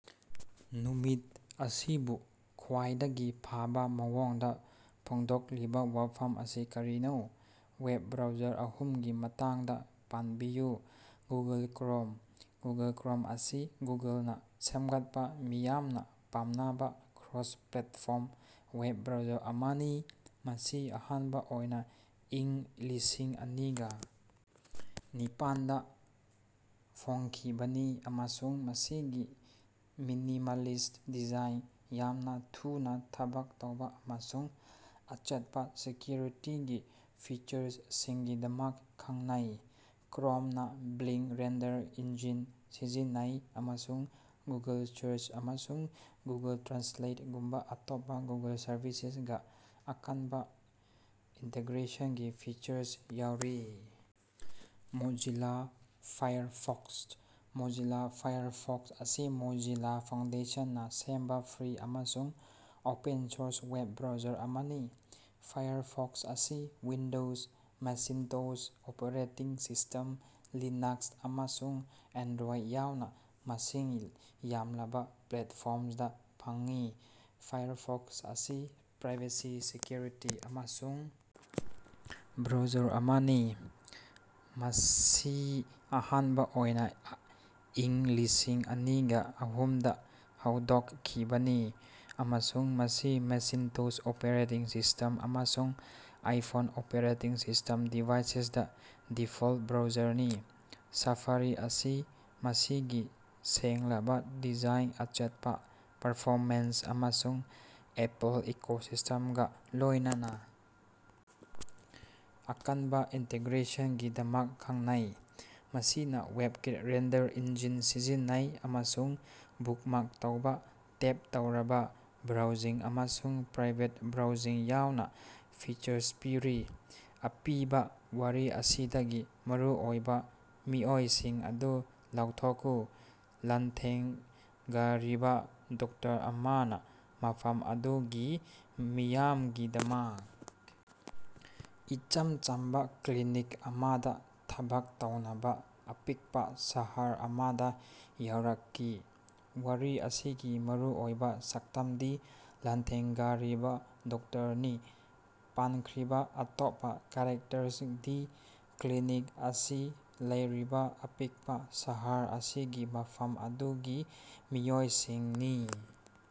ꯅꯨꯃꯤꯠ ꯑꯁꯤꯕꯨ ꯈ꯭ꯋꯥꯏꯗꯒꯤ ꯐꯕ ꯃꯑꯣꯡꯗ ꯐꯣꯡꯗꯣꯛꯂꯤꯕ ꯋꯥꯐꯝ ꯑꯁꯤ ꯀꯔꯤꯅꯣ? ꯋꯦꯕ ꯕ꯭ꯔꯥꯎꯖꯔ ꯑꯍꯨꯝꯒꯤ ꯃꯇꯥꯡꯗ ꯄꯟꯕꯤꯌꯨ꯫ ꯒꯨꯒꯜ ꯀ꯭ꯔꯣꯝ: ꯒꯨꯒꯜ ꯀ꯭ꯔꯣꯝ ꯑꯁꯤ ꯒꯨꯒꯜꯅ ꯁꯦꯝꯒꯠꯄ ꯃꯤꯌꯥꯝꯅ ꯄꯥꯝꯅꯕ ꯀ꯭ꯔꯣꯁ-ꯄ꯭ꯂꯦꯠꯐꯣꯔꯝ ꯋꯦꯕ ꯕ꯭ꯔꯥꯎꯖꯔ ꯑꯃꯅꯤ꯫ ꯃꯁꯤ ꯑꯍꯥꯟꯕ ꯑꯣꯏꯅ ꯏꯪ ꯂꯤꯁꯤꯡ ꯑꯅꯤꯒ ꯅꯤꯄꯥꯟꯗ ꯐꯣꯡꯈꯤꯕꯅꯤ ꯑꯃꯁꯨꯡ ꯃꯁꯤꯒꯤ ꯃꯤꯅꯤꯃꯦꯜꯂꯤꯁꯠ ꯗꯤꯖꯥꯏꯟ, ꯌꯥꯝꯅ ꯊꯨꯅ ꯊꯕꯛ ꯇꯧꯕ ꯑꯃꯁꯨꯡ ꯑꯆꯦꯠꯄ ꯁꯦꯀ꯭ꯌꯨꯔꯤꯇꯤꯒꯤ ꯐꯤꯆꯔꯁꯤꯡꯒꯤꯗꯃꯛ ꯈꯪꯅꯩ꯫ ꯀ꯭ꯔꯣꯝꯅ ꯕ꯭ꯂꯤꯡꯀ ꯔꯦꯟꯗꯔ ꯏꯟꯖꯤꯟ ꯁꯤꯖꯤꯟꯅꯩ ꯑꯃꯁꯨꯡ ꯒꯨꯒꯜ ꯁꯔꯆ ꯑꯃꯁꯨꯡ ꯒꯨꯒꯜ ꯇ꯭ꯔꯥꯟꯁꯂꯦꯠꯒꯨꯝꯕ ꯑꯇꯣꯞꯄ ꯒꯨꯒꯜ ꯁꯔꯚꯤꯁꯁꯤꯡꯒ ꯑꯀꯟꯕ ꯏꯟꯇꯤꯒ꯭ꯔꯦꯁꯟꯒꯤ ꯐꯤꯆꯔꯁꯤꯡ ꯌꯥꯎꯔꯤ꯫ ꯃꯣꯖꯤꯂꯥ ꯐꯥꯏꯔꯐꯛꯁ: ꯃꯣꯖꯤꯂꯥ ꯐꯥꯏꯔꯐꯛꯁ ꯑꯁꯤ ꯃꯣꯖꯤꯂꯥ ꯐꯥꯎꯟꯗꯦꯁꯟꯅ ꯁꯦꯝꯕ ꯐ꯭ꯔꯤ ꯑꯃꯁꯨꯡ ꯑꯣꯄꯟ-ꯁꯣꯔꯁ ꯋꯦꯕ ꯕ꯭ꯔꯥꯎꯖꯔ ꯑꯃꯅꯤ꯫ ꯐꯥꯏꯔꯐꯛꯁ ꯑꯁꯤ Windows, Macintosh operating system, Linux ꯑꯃꯁꯨꯡ ꯑꯦꯟꯗ꯭ꯔꯣꯏꯗ ꯌꯥꯎꯅ ꯃꯁꯤꯡ ꯌꯥꯝꯂꯕ ꯄ꯭ꯂꯦꯠꯐꯣꯔꯝꯗ ꯐꯪꯏ꯫ ꯐꯥꯏꯔꯐꯛꯁ ꯑꯁꯤ ꯄ꯭ꯔꯥꯏꯚꯦꯁꯤ, ꯁꯦꯀ꯭ꯌꯨꯔꯤꯇꯤ ꯑꯃꯁꯨꯡ ꯕ꯭ꯔꯥꯎꯖꯔ ꯑꯃꯅꯤ꯫ ꯃꯁꯤ ꯑꯍꯥꯟꯕ ꯑꯣꯏꯅ ꯏꯪ ꯂꯤꯁꯤꯡ ꯑꯅꯤꯒ ꯑꯍꯨꯝꯗ ꯍꯧꯗꯣꯛꯈꯤꯕꯅꯤ ꯑꯃꯁꯨꯡ ꯃꯁꯤ ꯃꯦꯆꯤꯟꯇꯣꯁ ꯑꯣꯄꯦꯔꯦꯇꯤꯡ ꯁꯤꯁꯇꯦꯝ ꯑꯃꯁꯨꯡ ꯑꯥꯏꯐꯣꯟ ꯑꯣꯄꯦꯔꯦꯇꯤꯡ ꯁꯤꯁꯇꯦꯝ ꯗꯤꯚꯥꯏꯁꯁꯤꯡꯗ ꯗꯤꯐꯣꯜꯇ ꯕ꯭ꯔꯥꯎꯖꯔꯅꯤ꯫ ꯁꯐꯥꯔꯤ ꯑꯁꯤ ꯃꯁꯤꯒꯤ ꯁꯦꯡꯂꯕ ꯗꯤꯖꯥꯏꯟ, ꯑꯆꯦꯠꯄ ꯄꯔꯐꯣꯃꯦꯟꯁ ꯑꯃꯁꯨꯡ ꯑꯦꯄꯜ ꯏꯀꯣꯁꯤꯁꯇꯦꯝꯒ ꯂꯣꯏꯅꯅ ꯑꯀꯟꯕ ꯏꯟꯇꯤꯒ꯭ꯔꯦꯁꯟꯒꯤꯗꯃꯛ ꯈꯪꯅꯩ꯫ ꯃꯁꯤꯅ ꯋꯦꯕꯀꯤꯠ ꯔꯦꯟꯗꯔ ꯏꯟꯖꯤꯟ ꯁꯤꯖꯤꯟꯅꯩ ꯑꯃꯁꯨꯡ ꯕꯨꯛꯃꯥꯔꯛ ꯇꯧꯕ, ꯇꯦꯕ ꯇꯧꯔꯕ ꯕ꯭ꯔꯥꯎꯖꯤꯡ ꯑꯃꯁꯨꯡ ꯄ꯭ꯔꯥꯏꯚꯦꯠ ꯕ꯭ꯔꯥꯎꯖꯤꯡ ꯌꯥꯎꯅ ꯐꯤꯆꯔꯁꯤꯡ ꯄꯤꯔꯤ꯫ ꯑꯄꯤꯕ ꯋꯥꯔꯤ ꯑꯁꯤꯗꯒꯤ ꯃꯔꯨꯑꯣꯏꯕ ꯃꯤꯑꯣꯏꯁꯤꯡ ꯑꯗꯨ ꯂꯧꯊꯣꯛꯎ꯫ ꯂꯥꯟꯊꯦꯡꯅꯔꯤꯕ ꯗꯣꯛꯇꯔ ꯑꯃꯅ ꯃꯐꯝ ꯑꯗꯨꯒꯤ ꯃꯤꯌꯥꯝꯒꯤꯗꯃꯛ ꯏꯆꯝ ꯆꯝꯕ ꯀ꯭ꯂꯤꯅꯤꯛ ꯑꯃꯗ ꯊꯕꯛ ꯇꯧꯅꯕ ꯑꯄꯤꯛꯄ ꯁꯍꯔ ꯑꯃꯗ ꯌꯧꯔꯛꯏ꯫ ꯋꯥꯔꯤ ꯑꯁꯤꯒꯤ ꯃꯔꯨꯑꯣꯏꯕ ꯁꯛꯇꯝꯗꯤ ꯂꯥꯟꯊꯦꯡꯅꯔꯤꯕ ꯗꯣꯛꯇꯔꯅꯤ꯫ ꯄꯟꯈ꯭ꯔꯤꯕ ꯑꯇꯣꯞꯄ ꯀꯦꯔꯦꯛꯇꯔꯁꯤꯡꯗꯤ ꯀ꯭ꯂꯤꯅꯤꯛ ꯑꯁꯤ ꯂꯩꯔꯤꯕ ꯑꯄꯤꯛꯄ ꯁꯍꯔ ꯑꯁꯤꯒꯤ ꯃꯐꯝ ꯑꯗꯨꯒꯤ ꯃꯤꯑꯣꯏꯁꯤꯡꯅꯤ꯫